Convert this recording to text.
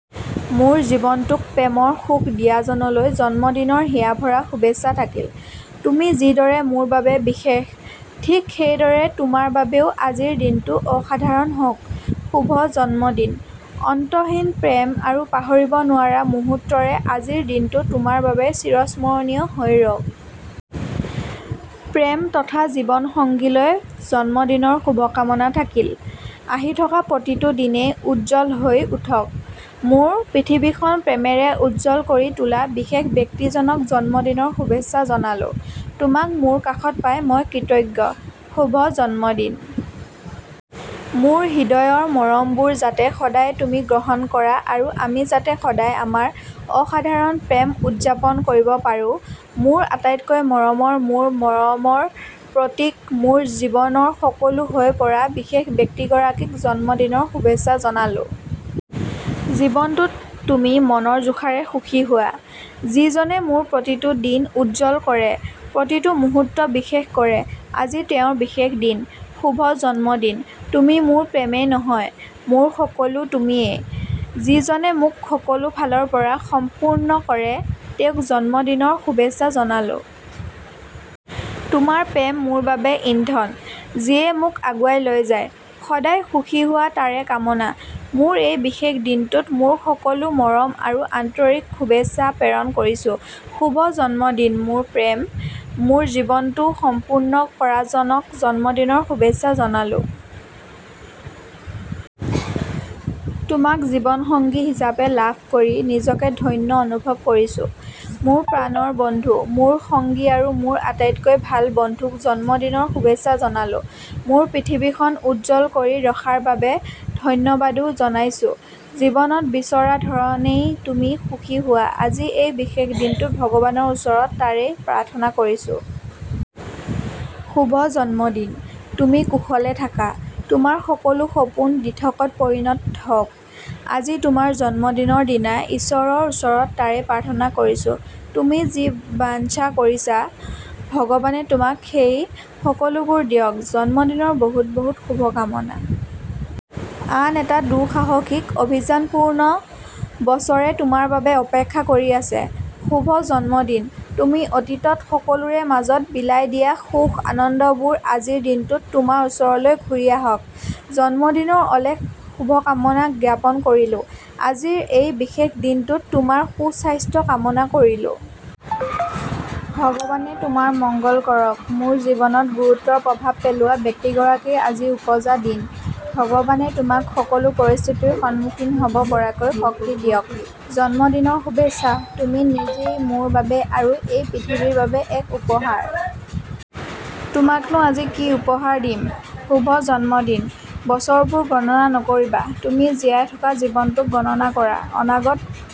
মোৰ জীৱনটোক প্ৰেমৰ সুখ দিয়াজনলৈ জন্মদিনৰ হিয়াভৰা শুভেচ্ছা থাকিল। তুমি যিদৰে মোৰ বাবে বিশেষ, ঠিক একেদৰেই তোমাৰ বাবেও আজিৰ দিনটো অসাধাৰণ হওঁক। শুভ জন্মদিন। অন্তহীন প্ৰেম আৰু পাহৰিব নোৱাৰা মুহূৰ্তৰে আজিৰ দিনটো তোমাৰ বাবে চিৰস্মৰণীয় হৈ ৰওঁক। প্ৰেম তথা জীৱন সংগীলৈ জন্মদিনৰ শুভকামনা থাকিল। আহি থকা প্ৰতিটো দিনেই উজ্জ্বল হৈ উঠক। মোৰ পৃথিৱীখন প্ৰেমেৰে উজ্জ্বল কৰি তোলা বিশেষ ব্যক্তিজনক জন্মদিনৰ শুভেচ্ছা জনালো। তোমাক মোৰ কাষত পাই মই কৃতজ্ঞ। শুভ জন্মদিন। মোৰ হৃদয়ৰ মৰমবোৰ যাতে সদায়েই তুমি গ্ৰহণ কৰা আৰু আমি যাতে সদায়েই আমাৰ অসাধাৰণ প্ৰেম উদযাপন কৰিব পাৰো। মোৰ আটাইতকৈ মৰমৰ, মোৰ প্ৰেমৰ প্ৰতীক, মোৰ জীৱনৰ সকলো হৈ পৰা বিশেষ ব্যক্তিগৰাকীক জন্মদিনৰ শুভেচ্ছা জনালো। জীৱনটোত তুমি মনৰ জোখাৰে সুখী হোৱা। যিজনে মোৰ প্ৰতিটো দিন উজ্জ্বল কৰে, প্ৰতিটো মুহূৰ্ত বিশেষ কৰে, আজি তেওঁৰ বিশেষ দিন। শুভ জন্মদিন! তুমি মোৰ প্ৰেমেই নহয়, মোৰ সকলো তুমিয়েই। যিজনে মোক সকলো ফালৰ পৰাই সম্পূৰ্ণ কৰে, তেওঁক জন্মদিনৰ শুভেচ্ছা জনালো। তোমাৰ প্ৰেম মোৰ বাবে ইন্ধন, যিয়ে মোক আগুৱাই লৈ যায়। সদায় সুখী হোৱা, তাৰেই কামনা। তোমাৰ এই বিশেষ দিনটোত মোৰ সকলো মৰম আৰু আন্তৰিক শুভেচ্ছা প্ৰেৰণ কৰিছো। শুভ জন্মদিন, মোৰ প্ৰেম! মোৰ জীৱনটো সম্পূৰ্ণ কৰাজনক জন্মদিনৰ শুভেচ্ছা জনালো। তোমাক জীৱন সংগী হিচাপে লাভ কৰি নিজকে ধন্য অনুভৱ কৰিছো। মোৰ প্ৰাণৰ বন্ধু, মোৰ সংগী আৰু মোৰ আটাইতকৈ ভাল বন্ধুক জন্মদিনৰ শুভেচ্ছা জনালো। মোৰ পৃথিৱীখন উজ্জ্বল কৰি ৰখাৰ বাবে ধন্যবাদো জনাইছো। জীৱনত বিচৰা ধৰণৰেই তুমি সুখী হোৱা, আজি এই বিশেষ দিনটোত ভগৱানৰ ওচৰত তাৰেই প্ৰাৰ্থনা কৰিছো। শুভ জন্মদিন! তুমি কুশলে থাকা। তোমাৰ সকলো সপোন দিঠকত পৰিণত হওঁক। আজি তোমাৰ জন্মদিনৰ দিনাই ইশ্বৰৰ ওচৰত তাৰেই প্ৰাৰ্থনা কৰিছো। তুমি যি বাঞ্চা কৰা, ভগৱানে তোমাক সেই সকলোবোৰ দিয়ক। জন্মদিনৰ বহুত বহুত শুভকামনা। আন এটা দুঃসাহসিক অভিযানপূৰ্ণ বছৰে তোমাৰ বাবে অপেক্ষা কৰি আছে। শুভ জন্মদিন। তুমি অতীতত সকলোৰে মাজত বিলাই দিয়া সুখ-আনন্দবোৰ আজিৰ দিনটোত তোমাৰ ওচৰলৈ ঘূৰি আহক। জন্মদিনৰ অলেখ শুভকামনা জ্ঞাপন কৰিলো। আজিৰ এই বিশেষ দিনটোত তোমাৰ সুস্বাস্থ্য কামনা কৰিলো। ভগৱানে তোমাৰ মংগল কৰক। মোৰ জীৱনত গুৰুতৰ প্ৰভাৱ পেলোৱা ব্যক্তিগৰাকীৰ আদি ওপজা দিন। ভগৱানে তোমাক সকলো পৰিস্থিতিৰ সন্মুখীন হ'ব পৰাকৈ শক্তি দিয়ক। জন্মদিনৰ শুভেচ্ছা! তুমি নিজেই মোৰ বাবে আৰু এই পৃথিৱীৰ বাবে এক উপহাৰ। তোমাকনো আজি কি উপহাৰ দিম! শুভ জন্মদিন। বছৰবোৰ গণনা নকৰিবা, তুমি জীয়াই থকা জীৱনটো গণনা কৰা। অনাগত